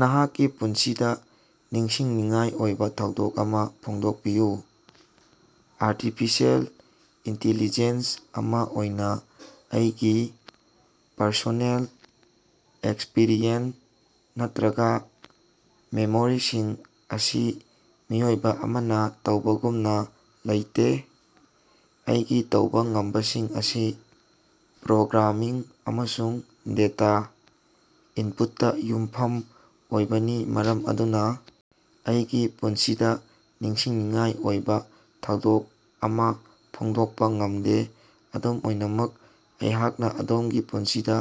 ꯅꯍꯥꯛꯀꯤ ꯄꯨꯟꯁꯤꯗ ꯅꯤꯡꯁꯤꯡꯅꯤꯡꯉꯥꯏ ꯑꯣꯏꯕ ꯊꯧꯗꯣꯛ ꯑꯃ ꯐꯣꯡꯗꯣꯛꯄꯤꯌꯨ꯫ ꯑꯔꯇꯤꯐꯤꯁꯦꯜ ꯏꯟꯇꯤꯂꯤꯖꯦꯟꯁ ꯑꯃ ꯑꯣꯏꯅ ꯑꯩꯒꯤ ꯄꯔꯁꯣꯅꯦꯜ ꯑꯦꯛꯁꯄꯤꯔꯤꯌꯦꯟꯁ ꯅꯠꯇ꯭ꯔꯒ ꯃꯦꯃꯣꯔꯤꯁꯤꯡ ꯑꯁꯤ ꯃꯤꯑꯣꯏꯕ ꯑꯃꯅ ꯇꯧꯕꯒꯨꯝꯅ ꯂꯩꯇꯦ꯫ ꯑꯩꯒꯤ ꯇꯧꯕ ꯉꯝꯕꯁꯤꯡ ꯑꯁꯤ ꯄ꯭ꯔꯣꯒ꯭ꯔꯥꯃꯤꯡ ꯑꯃꯁꯨꯡ ꯗꯦꯇꯥ ꯏꯟꯄꯨꯠꯇꯥ ꯌꯨꯝꯐꯝ ꯑꯣꯏꯕꯅꯤ, ꯃꯔꯝ ꯑꯗꯨꯅ ꯑꯩꯒꯤ ꯄꯨꯟꯁꯤꯗ ꯅꯤꯡꯁꯤꯡꯅꯤꯡꯉꯥꯏ ꯑꯣꯏꯕ ꯊꯧꯗꯣꯛ ꯑꯃ ꯐꯣꯡꯗꯣꯛꯄ ꯉꯝꯗꯦ꯫ ꯑꯗꯨꯝ ꯑꯣꯏꯅꯃꯛ, ꯑꯩꯍꯥꯛꯅ ꯑꯗꯣꯝꯒꯤ ꯄꯨꯟꯁꯤꯗ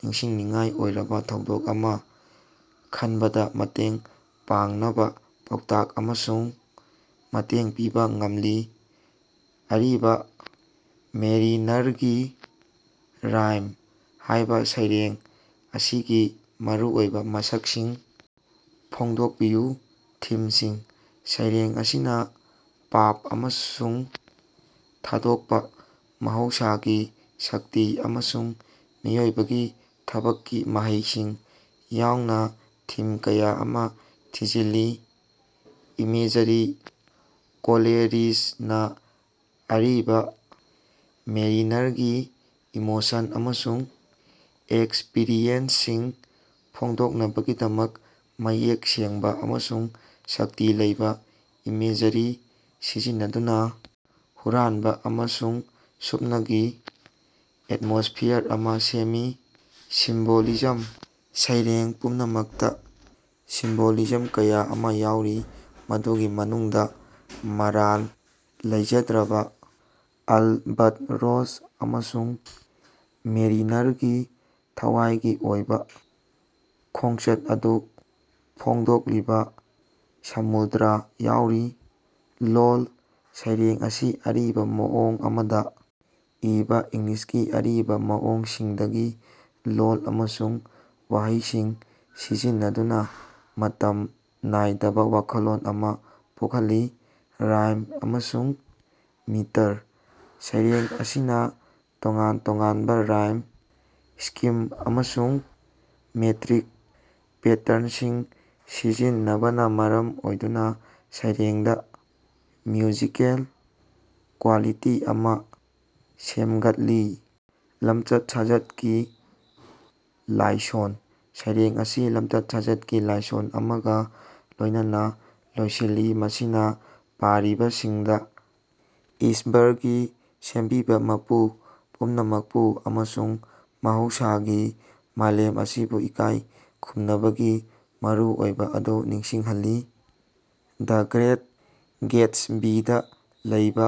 ꯅꯤꯡꯁꯤꯡꯅꯤꯡꯉꯥꯏ ꯑꯣꯏꯔꯕ ꯊꯧꯗꯣꯛ ꯑꯃ ꯈꯟꯕꯗꯥ ꯃꯇꯦꯡ ꯄꯥꯡꯅꯕ ꯄꯥꯎꯇꯥꯛ ꯑꯃꯁꯨꯡ ꯃꯇꯦꯡ ꯄꯤꯕ ꯉꯝꯂꯤ꯫ "ꯑꯔꯤꯕꯥ ꯃꯦꯔꯤꯅꯔꯒꯤ ꯔꯥꯏꯝ" ꯍꯥꯏꯕ ꯁꯩꯔꯦꯡ ꯑꯁꯤꯒꯤ ꯃꯔꯨꯑꯣꯏꯕ ꯃꯁꯛꯁꯤꯡ ꯐꯣꯡꯗꯣꯛꯄꯤꯌꯨ꯫ ꯊꯤꯝꯁꯤꯡ: ꯁꯩꯔꯦꯡ ꯑꯁꯤꯅ ꯄꯥꯞ ꯑꯃꯁꯨꯡ ꯊꯥꯗꯣꯛꯄ, ꯃꯍꯧꯁꯥꯒꯤ ꯁꯛꯇꯤ, ꯑꯃꯁꯨꯡ ꯃꯤꯑꯣꯏꯕꯒꯤ ꯊꯕꯛꯀꯤ ꯃꯍꯩꯁꯤꯡ ꯌꯥꯎꯅ ꯊꯤꯝ ꯀꯌꯥ ꯑꯃ ꯊꯤꯖꯤꯜꯂꯤ꯫ ꯏꯃꯦꯖꯔꯤ: ꯀꯣꯂꯦꯔꯤꯖꯅꯥ ꯑꯔꯤꯕ ꯃꯦꯔꯤꯅꯔꯒꯤ ꯏꯃꯣꯁꯟ ꯑꯃꯁꯨꯡ ꯑꯦꯛꯁꯄꯤꯔꯤꯌꯦꯟꯁꯁꯤꯡ ꯐꯣꯡꯗꯣꯛꯅꯕꯒꯤꯗꯃꯛ ꯃꯌꯦꯛ ꯁꯦꯡꯕ ꯑꯃꯁꯨꯡ ꯁꯛꯇꯤ ꯂꯩꯕ ꯏꯃꯦꯖꯔꯤ ꯁꯤꯖꯤꯟꯅꯗꯨꯅ ꯍꯨꯔꯥꯟꯕ ꯑꯃꯁꯨꯡ ꯁꯨꯞꯅꯒꯤ ꯑꯦꯠꯃꯣꯁꯐꯤꯌꯥꯔ ꯑꯃ ꯁꯦꯝꯃꯤ꯫ ꯁꯤꯝꯕꯣꯂꯤꯖꯝ: ꯁꯩꯔꯦꯡ ꯄꯨꯝꯅꯃꯛꯇꯥ ꯁꯤꯝꯕꯣꯂꯤꯖꯝ ꯀꯌꯥ ꯑꯃ ꯌꯥꯎꯔꯤ, ꯃꯗꯨꯒꯤ ꯃꯅꯨꯡꯗ ꯃꯔꯥꯜ ꯂꯩꯖꯗ꯭ꯔꯕꯥ ꯑꯜꯕꯠꯔꯣꯁ ꯑꯃꯁꯨꯡ ꯃꯦꯔꯤꯅꯔꯒꯤ ꯊꯋꯥꯏꯒꯤ ꯑꯣꯏꯕ ꯈꯣꯡꯆꯠ ꯑꯗꯨ ꯐꯣꯡꯗꯣꯛꯂꯤꯕ ꯁꯃꯨꯗ꯭ꯔ ꯌꯥꯎꯔꯤ꯫ ꯂꯣꯜ: ꯁꯩꯔꯦꯡ ꯑꯁꯤ ꯑꯔꯤꯕ ꯃꯑꯣꯡ ꯑꯃꯗ ꯏꯕꯥ, ꯏꯪꯂꯤꯁꯀꯤ ꯑꯔꯤꯕ ꯃꯑꯣꯡꯁꯤꯡꯗꯒꯤ ꯂꯣꯜ ꯑꯃꯁꯨꯡ ꯋꯥꯍꯩꯁꯤꯡ ꯁꯤꯖꯤꯟꯅꯗꯨꯅ ꯃꯇꯝ ꯅꯥꯏꯗꯕ ꯋꯥꯈꯜꯂꯣꯟ ꯑꯃ ꯄꯣꯛꯍꯜꯂꯤ꯫ ꯔꯥꯏꯝ ꯑꯃꯁꯨꯡ ꯃꯤꯇꯔ: ꯁꯩꯔꯦꯡ ꯑꯁꯤꯅ ꯇꯣꯉꯥꯟ ꯇꯣꯉꯥꯟꯕ ꯔꯥꯏꯝ ꯁ꯭ꯀꯤꯝ ꯑꯃꯁꯨꯡ ꯃꯦꯇ꯭ꯔꯤꯛ ꯄꯦꯇ꯭ꯔꯟꯁꯤꯡ ꯁꯤꯖꯤꯟꯅꯕꯅ ꯃꯔꯝ ꯑꯣꯏꯗꯨꯅ ꯁꯩꯔꯦꯡꯗ ꯃ꯭ꯌꯨꯖꯤꯀꯦꯜ ꯀ꯭ꯋꯥꯂꯤꯇꯤ ꯑꯃ ꯁꯦꯝꯒꯠꯂꯤ꯫ ꯂꯝꯆꯠ-ꯁꯥꯖꯠꯀꯤ ꯂꯥꯏꯁꯣꯟ: ꯁꯩꯔꯦꯡ ꯑꯁꯤ ꯂꯝꯆꯠ-ꯁꯥꯖꯠꯀꯤ ꯂꯥꯏꯁꯣꯟ ꯑꯃꯒ ꯂꯣꯏꯅꯅꯥ ꯂꯣꯏꯁꯤꯜꯂꯤ, ꯃꯁꯤꯅ ꯄꯥꯔꯤꯕꯁꯤꯡꯗ ꯏꯁ꯭ꯕꯔꯒꯤ ꯁꯦꯝꯕꯤꯕꯥ ꯃꯄꯨ ꯄꯨꯝꯅꯃꯛꯄꯨ ꯑꯃꯁꯨꯡ ꯃꯍꯧꯁꯥꯒꯤ ꯃꯥꯂꯦꯝ ꯑꯁꯤꯕꯨ ꯏꯀꯥꯏ ꯈꯨꯝꯅꯕꯒꯤ ꯃꯔꯨꯑꯣꯏꯕ ꯑꯗꯨ ꯅꯤꯡꯁꯤꯡꯍꯜꯂꯤ꯫ ꯗ ꯒ꯭ꯔꯦꯠ ꯒꯦꯠꯁꯕꯤꯗꯥ ꯂꯩꯕ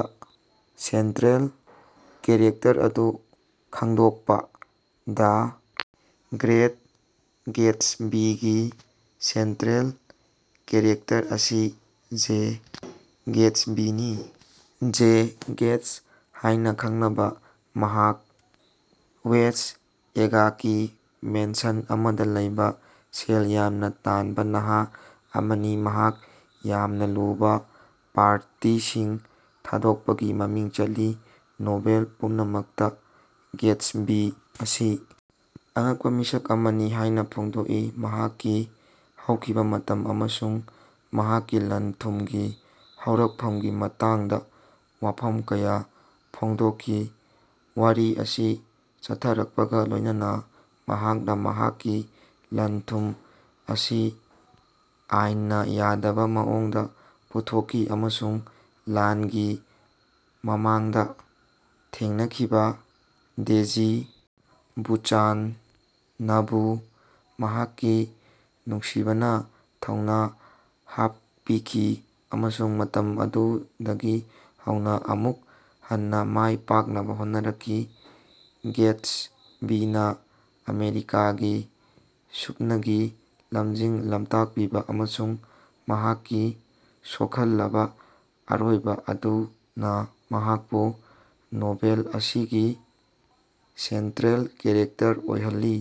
ꯁꯦꯟꯇ꯭ꯔꯦꯜ ꯀꯦꯔꯦꯛꯇꯔ ꯑꯗꯨ ꯈꯪꯗꯣꯛꯄꯥ꯫ ꯗ ꯒ꯭ꯔꯦꯠ ꯒꯦꯠꯁꯕꯤꯒꯤ ꯁꯦꯟꯇ꯭ꯔꯦꯜ ꯀꯦꯔꯦꯛꯇꯔ ꯑꯁꯤ ꯖꯦ ꯒꯦꯠꯁꯕꯤꯅꯤ꯫ ꯖꯦ ꯒꯦꯠꯁ ꯍꯥꯏꯅ ꯈꯪꯅꯕ ꯃꯍꯥꯛ ꯋꯦꯁ꯭ꯠ ꯑꯦꯒꯀꯤ ꯃꯦꯟꯁꯟ ꯑꯃꯗ ꯂꯩꯕ ꯁꯦꯜ ꯌꯥꯝꯅ ꯇꯥꯟꯕ ꯅꯍꯥ ꯑꯃꯅꯤ, ꯃꯍꯥꯛ ꯌꯥꯝꯅ ꯂꯨꯕ ꯄꯥꯔꯇꯤꯁꯤꯡ ꯊꯥꯗꯣꯛꯄꯒꯤ ꯃꯃꯤꯡ ꯆꯠꯂꯤ꯫ ꯅꯣꯚꯦꯜ ꯄꯨꯝꯅꯃꯛꯇꯥ ꯒꯦꯠꯁꯕꯤ ꯑꯁꯤ ꯑꯉꯛꯄꯥ ꯃꯤꯁꯛ ꯑꯃꯅꯤ ꯍꯥꯏꯅ ꯐꯣꯡꯗꯣꯛꯏ, ꯃꯍꯥꯛꯀꯤ ꯍꯧꯈꯤꯕ ꯃꯇꯝ ꯑꯃꯁꯨꯡ ꯃꯍꯥꯛꯀꯤ ꯂꯟ-ꯊꯨꯝꯒꯤ ꯍꯧꯔꯛꯐꯝꯒꯤ ꯃꯇꯥꯡꯗ ꯋꯥꯐꯝ ꯀꯌꯥ ꯐꯣꯡꯗꯣꯛꯈꯤ꯫ ꯋꯥꯔꯤ ꯑꯁꯤ ꯆꯠꯊꯔꯛꯄꯒꯥ ꯂꯣꯏꯅꯅꯥ ꯃꯍꯥꯛꯅ ꯃꯍꯥꯛꯀꯤ ꯂꯟ-ꯊꯨꯝ ꯑꯁꯤ ꯑꯥꯏꯟꯅꯥ ꯌꯥꯗꯕ ꯃꯑꯣꯡꯗ ꯄꯨꯊꯣꯛꯈꯤ ꯑꯃꯁꯨꯡ ꯂꯥꯟꯒꯤ ꯃꯃꯥꯡꯗ ꯊꯦꯡꯅꯈꯤꯕ ꯗꯦꯖꯤ ꯕꯨꯆꯥꯟꯅꯕꯨ ꯃꯍꯥꯛꯀꯤ ꯅꯨꯡꯁꯤꯕꯅ ꯊꯧꯅꯥ ꯍꯥꯞꯄꯤꯈꯤ ꯑꯃꯁꯨꯡ ꯃꯇꯝ ꯑꯗꯨꯗꯒꯤ ꯍꯧꯅꯥ ꯑꯃꯨꯛ ꯍꯟꯅꯥ ꯃꯥꯏ ꯄꯥꯛꯅꯕ ꯍꯣꯠꯅꯔꯛꯈꯤ꯫ ꯒꯦꯠꯁꯕꯤꯅꯥ ꯑꯃꯦꯔꯤꯀꯥꯒꯤ ꯁꯨꯞꯅꯒꯤ ꯂꯝꯖꯤꯡ ꯂꯝꯇꯥꯛꯄꯤꯕ ꯑꯃꯁꯨꯡ ꯃꯍꯥꯛꯀꯤ ꯁꯣꯛꯍꯜꯂꯕꯥ ꯑꯔꯣꯏꯕ ꯑꯗꯨꯅ ꯃꯍꯥꯛꯄꯨ ꯅꯣꯚꯦꯜ ꯑꯁꯤꯒꯤ ꯁꯦꯟꯇ꯭ꯔꯦꯜ ꯀꯦꯔꯦꯛꯇꯔ ꯑꯣꯏꯍꯜꯂꯤ꯫